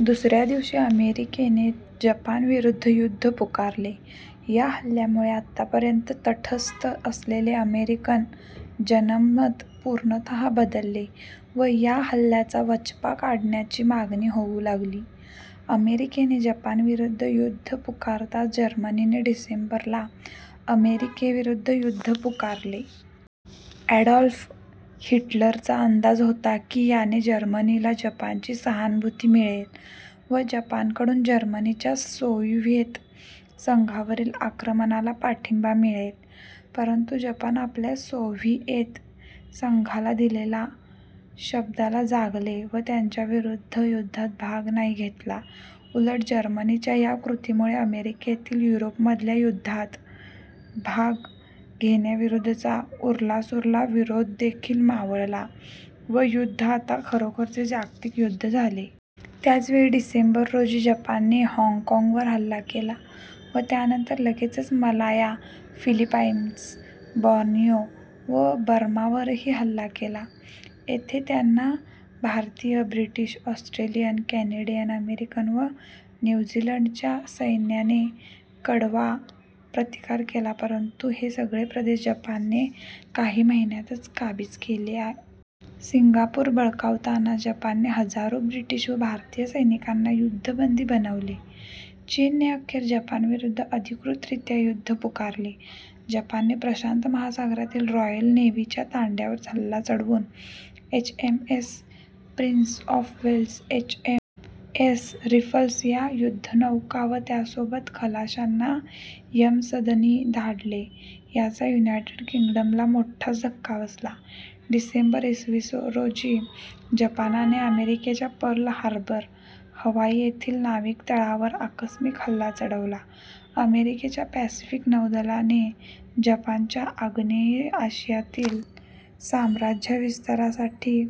दुसऱ्या दिवशी अमेरिकेने जपानविरुद्ध युद्ध पुकारले. या हल्ल्यामुळे आत्तापर्यंत तटस्थ असलेले अमेरिकन जनमत पूर्णतः बदलले व या हल्ल्याचा वचपा काढण्याची मागणी होऊ लागली. अमेरिकेने जपानविरुद्ध युद्ध पुकारताच जर्मनीने डिसेंबर ला अमेरिकेविरुद्ध युद्ध पुकारले. ॲडॉल्फ हिटलरचा अंदाज होता की याने जर्मनीला जपानची सहानुभूती मिळेल व जपानकडून जर्मनीच्या सोव्हिएत संघावरील आक्रमणाला पाठिंबा मिळेल. परंतु जपान आपल्या सोव्हिएत संघाला दिलेल्या शब्दाला जागले व त्यांच्याविरुद्ध युद्धात भाग नाही घेतला. उलट, जर्मनीच्या या कृतीमुळे अमेरिकेतील युरोपमधल्या युद्धात भाग घेण्याविरुद्धचा उरलासुरला विरोधदेखील मावळला व युद्ध आता खरोखरचे जागतिक युद्ध झाले. त्याचवेळी डिसेंबर रोजी जपानने हॉंग कॉंगवर हल्ला केला व त्यानंतर लगेचच मलाया, फिलिपाईन्स, बॉर्नियो व बर्मावरही हल्ला केला. येथे त्यांना भारतीय, ब्रिटिश, ऑस्ट्रेलियन, केनेडीयन, अमेरिकन व न्यू झीलंडच्या सैन्याने कडवा प्रतिकार केला परंतु हे सगळे प्रदेश जपानने काही महिन्यातच काबीज केले. सिंगापूर बळकावताना जपानने हजारो ब्रिटिश व भारतीय सैनिकांना युद्धबंदी बनवले. चीनने अखेर जपानविरुद्ध अधिकृतरीत्या युद्ध पुकारले. जपानने प्रशांत महासागरातील रॉयल नेव्हीच्या तांड्यावर हल्ला चढवून H. M. S. Prince of Wales, H. M. S. Repulse या युद्धनौका व त्यासोबत खलाश्यांना यमसदनी धाडले. याचा युनायटेड किंग्डमला मोठाच धक्का बसला. डिसेंबर, इ. स. रोजी जपानाने अमेरिकेच्या पर्ल हार्बर, हवाई येथील नाविक तळावर आकस्मिक हल्ला चढवला. अमेरिकेच्या पॅसिफिक नौदलाने जपानाच्या आग्नेय आशियातील साम्राज्यविस्तारासाठी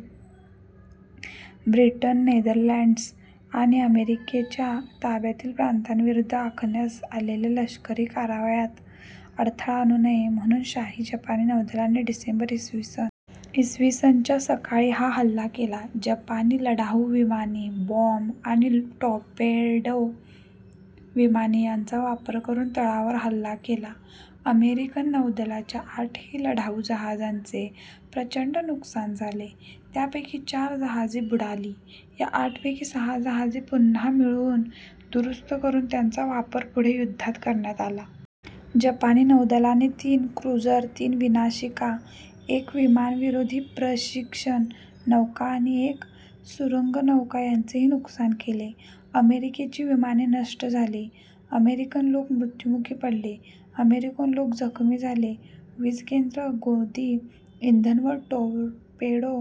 ब्रिटन, नेदरलँड्स् आणि अमेरिकेच्या ताब्यातील प्रांतांविरुद्ध आखण्यात आलेल्या लष्करी कारवायांत अडथळा आणू नये, म्हणून शाही जपानी नौदलाने डिसेंबर, इ. स. च्या सकाळी हा हल्ला केला. जपानी लढाऊ विमाने, बॉंब आणि टॉर्पेडो विमाने यांचा वापर करून तळावर हल्ला केला. अमेरिकन नौदलाच्या आठही लढाऊ जहाजांचे प्रचंड नुकसान झाले. त्यांपैकी चार जहाजे बुडाली. या आठपैकी सहा जहाजे पुन्हा मिळवून्, दुरुस्त करून त्यांचा वापर पुढे युद्धात करण्यात आला. जपानी नौदलाने तीन क्रूझर, तीन विनाशिका, एक विमानविरोधी प्रशिक्षण नौका आणि एक सुरूंगनौका यांचेही नुकसान केले. अमेरिकेची विमाने नष्ट झाली, अमेरिकन लोक मृत्युमुखी पडले, अमेरिकन लोक जखमी झाले. वीजकेंद्र, गोदी, इंधन व टॉर्पेडो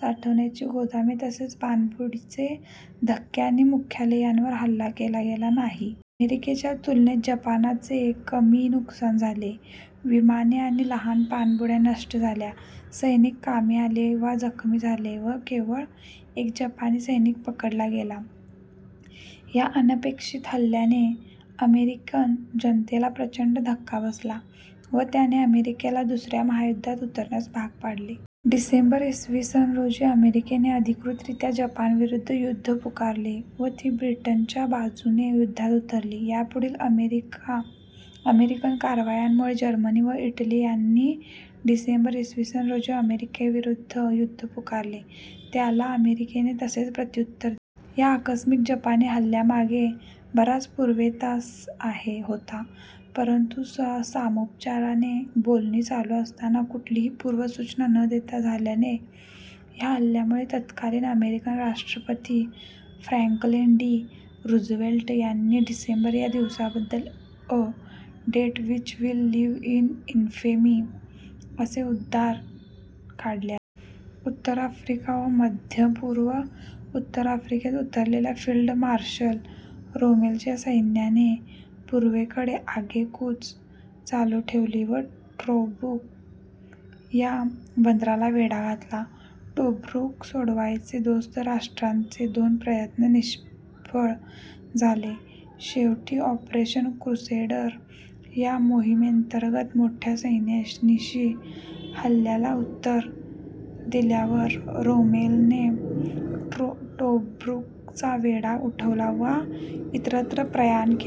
साठवण्याची गोदामे तसेच, पाणबुडीचे धक्के आणि मुख्यालय यांवर हल्ला केला गेला नाही. अमेरिकेच्या तुलनेत जपानाचे कमी नुकसान झाले: विमाने आणि लहान पाणबुड्या नष्ट झाल्या, सैनिक कामी आले वा जखमी झाले व केवळ् एक जपानी सैनिक पकडला गेला. ह्या अनपेक्षित हल्ल्याने अमेरिकन जनतेला प्रचंड धक्का बसला व त्याने अमेरिकेला दुसऱ्या महायुद्धात उतरण्यास भाग पाडले. डिसेंबर, इ. स. रोजी अमेरिकेने अधिकृतरीत्या जपानाविरुद्ध युद्ध पुकारले व ती ब्रिटनाच्या बाजूने युद्धात उतरली. यापुढील अमेरिकन कारवायांमुळे जर्मनी व इटली यांनी डिसेंबर, इ. स. रोजी अमेरिकेविरुद्ध युद्ध पुकारले. त्याला अमेरिकेने तसेच प्रत्युत्तर दिले. या आकस्मिक जपानी हल्ल्यामागे बराच पूर्वेतिहास होता, परंतु, सामोपचाराने बोलणी चालू असताना, कुठलीली पूर्वसूचना न देता झालेल्या ह्या हल्ल्यामुळे तत्कालीन अमेरिकन साष्ट्रपती फ्रॅंकलिन डी. रूझवेल्ट यांनी डिसेंबर, या दिवसाबद्दल 'a date which will live in infamy' असे उद्गार काढले आहेत. उत्तर आफ्रिका व मध्यपूर्व उत्तर आफ्रिकेत उतरलेल्या फील्ड मार्शल रोमेलच्या सैन्याने पूर्वेकडे आगेकूच चालू ठेवली व टोब्रुक या बंदराला वेढा घातला. टोब्रुक सोडवायचे दोस्त राष्ट्रांचे दोन प्रयत्न निष्फळ झाले शेवटी ऑपरेशन क्रुसेडर या मोहीमेंतर्गत मोठ्या सैन्यानिशी हल्ल्याला उत्तर दिल्यावर रोमेलने टोब्रुकचा वेढा उठवला वा इतरत्र प्रयाण केले.